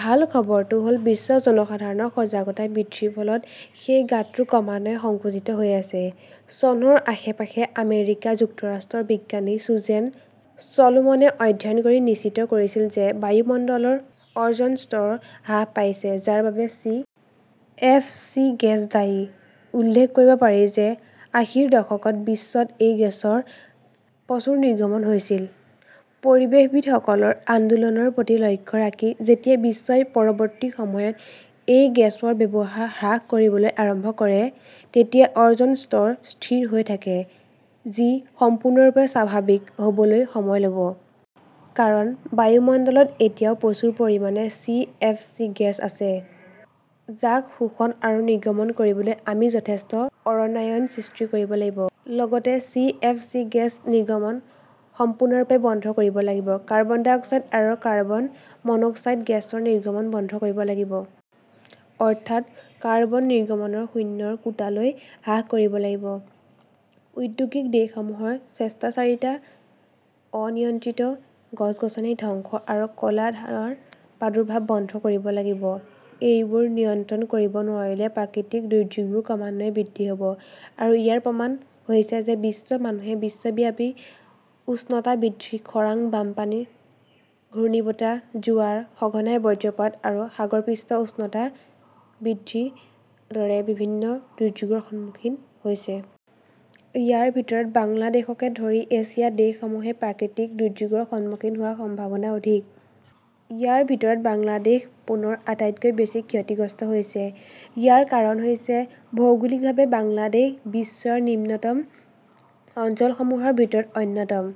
ভাল খবৰটো হ 'ল, বিশ্বৰ জনসাধাৰণৰ সজাগতা বৃদ্ধিৰ ফলত সেই গাঁতটো ক্ৰমান্বয়ে সংকুচিত হৈ আছে। চনৰ আশে-পাশে আমেৰিকা যুক্তৰাষ্ট্ৰৰ বিজ্ঞানী চুজেন চলোমনে অধ্যয়ন কৰি নিশ্চিত কৰিছিল যে বায়ুমণ্ডলৰ অ "জন স্তৰ হ্ৰাস পাইছে, যাৰ বাবে চি. এফ. চি. গেছ দায়ী। উল্লেখ কৰিব পাৰি যে আশীৰ দশকত বিশ্বত এই গেছৰ প্ৰচুৰ নিৰ্গমন হৈছিল। পৰিৱেশবিদসকলৰ আন্দোলনৰ প্ৰতি লক্ষ্য ৰাখি যেতিয়া বিশ্বই পৰৱৰ্তী সময়ত এই গেছৰ ব্যৱহাৰ হ্ৰাস কৰিবলৈ আৰম্ভ কৰে তেতিয়া অ "জন স্তৰ স্থিৰ হৈ থাকে, যি সম্পূৰ্ণৰূপে স্বাভাৱিক হ" বলৈ সময় ল "ব। কাৰণ বায়ুমণ্ডলত এতিয়াও প্ৰচুৰ পৰিমাণে চি. এফ. চি. গেছ আছে, যাক শোষণ আৰু নিৰ্গমন কৰিবলৈ আমি যথেষ্ট অৰণ্যায়ন সৃষ্টি কৰিব লাগিব। লগতে, চি. এফ. চি. গেছ নিৰ্গমন সম্পূৰ্ণৰূপে বন্ধ কৰিব লাগিব। কাৰ্বন ডাই অক্সাইড আৰু কাৰ্বন মনোক্সাইড গেছৰ নিৰ্গমন বন্ধ কৰিব লাগিব। অৰ্থাৎ, কাৰ্বন নিৰ্গমন শূন্যৰ কোটালৈ হ্ৰাস কৰিব লাগিব। ঔদ্যোগিক দেশসমূহৰ স্বেচ্ছাচাৰিতা, অনিয়ন্ত্ৰিত গছ-গছনি ধ্বংস আৰু ক 'লা ধোঁৱাৰ প্ৰাদুৰ্ভাৱ বন্ধ কৰিব লাগিব। এইবোৰ নিয়ন্ত্ৰণ কৰিব নোৱাৰিলে, প্ৰাকৃতিক দুৰ্যোগবোৰ ক্ৰমান্বয়ে বৃদ্ধি হ 'ব; আৰু ইয়াৰ প্ৰমাণ হৈছে যে বিশ্বৰ মানুহে বিশ্বব্যাপী উষ্ণতা বৃদ্ধি, খৰাং, বানপানী, ঘূৰ্ণীবতাহ, জোৱাৰ, সঘনাই বজ্ৰপাত আৰু সাগৰ পৃষ্ঠৰ উচ্চতা বৃদ্ধিৰ দৰে বিভিন্ন দুৰ্যোগৰ সন্মুখীন হৈছে। ইয়াৰ ভিতৰত বাংলাদেশকে ধৰি এছিয়াৰ দেশসমূহে প্ৰাকৃতিক দুৰ্যোগৰ সন্মুখীন হোৱাৰ সম্ভাৱনা অধিক। ইয়াৰ ভিতৰত বাংলাদেশ পুনৰ আটাইতকৈ বেছি ক্ষতিগ্ৰস্ত হৈছে। ইয়াৰ কাৰণ হৈছে ভৌগোলিকভাৱে বাংলাদেশ বিশ্বৰ নিম্নতম অঞ্চলসমূহৰ ভিতৰত অন্যতম।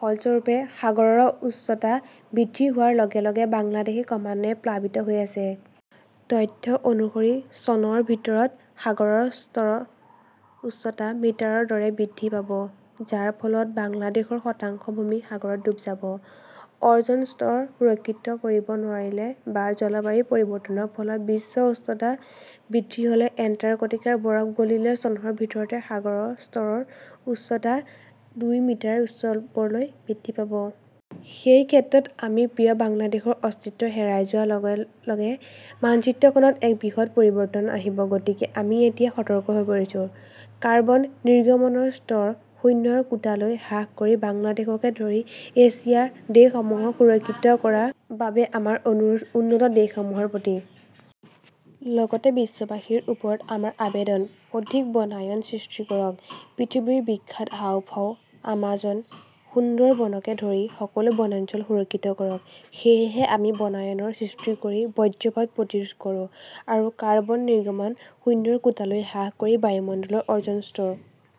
ফলস্বৰূপে, সাগৰৰ উচ্চতা বৃদ্ধি হোৱাৰ লগে লগে বাংলাদেশ ক্ৰমান্বয়ে প্লাবিত হৈ আছে। তথ্য অনুসৰি, চনৰ ভিতৰত সাগৰৰ স্তৰৰ উচ্চতা মিটাৰৰ দৰে বৃদ্ধি পাব, যাৰ ফলত বাংলাদেশৰ শতাংশ ভূমি সাগৰত ডুব যাব। অ "জনৰ স্তৰ সুৰক্ষিত কৰিব নোৱাৰিলে বা জলবায়ু পৰিৱৰ্তনৰ ফলত বিশ্ব উষ্ণতা বৃদ্ধি হ" লে এণ্টাৰ্কটিকাৰ বৰফ গলিলে চনৰ ভিতৰত সাগৰৰ স্তৰৰ উচ্চতা দুই মিটাৰৰ ওচৰলৈ বৃদ্ধি পাব। সেই ক্ষেত্ৰত আমাৰ প্ৰিয় বাংলাদেশৰ অস্তিত্ব হেৰাই যোৱাৰ লগে লগে মানচিত্ৰখনত এক বৃহৎ পৰিৱৰ্তন আহিব। গতিকে আমি এতিয়া সতৰ্ক হৈ পৰিছো। কাৰ্বন নিৰ্গমনৰ স্তৰ শূন্যৰ কোটালৈ হ্ৰাস কৰি বাংলাদেশকে ধৰি এছিয়ান দেশসমূহক সুৰক্ষিত কৰাৰ বাবে আমাৰ অনুৰোধ উন্নত দেশসমূহৰ প্ৰতি। লগতে বিশ্ববাসীৰ ওচৰত আমাৰ আবেদন, অধিক বনায়ন সৃষ্টি কৰক। পৃথিৱীৰ বিখ্যাত হাঁওফাঁও আমাজন, সুন্দৰবনকে ধৰি সকলো বনাঞ্চল সুৰক্ষিত কৰক। সেয়েহে আমি বনায়নৰ সৃষ্টি কৰি বজ্ৰপাত প্ৰতিৰোধ কৰোঁ আৰু কাৰ্বন নিৰ্গমন শূন্যৰ কোটালৈ হ্ৰাস কৰি বায়ুমণ্ডলৰ অ "জন স্তৰ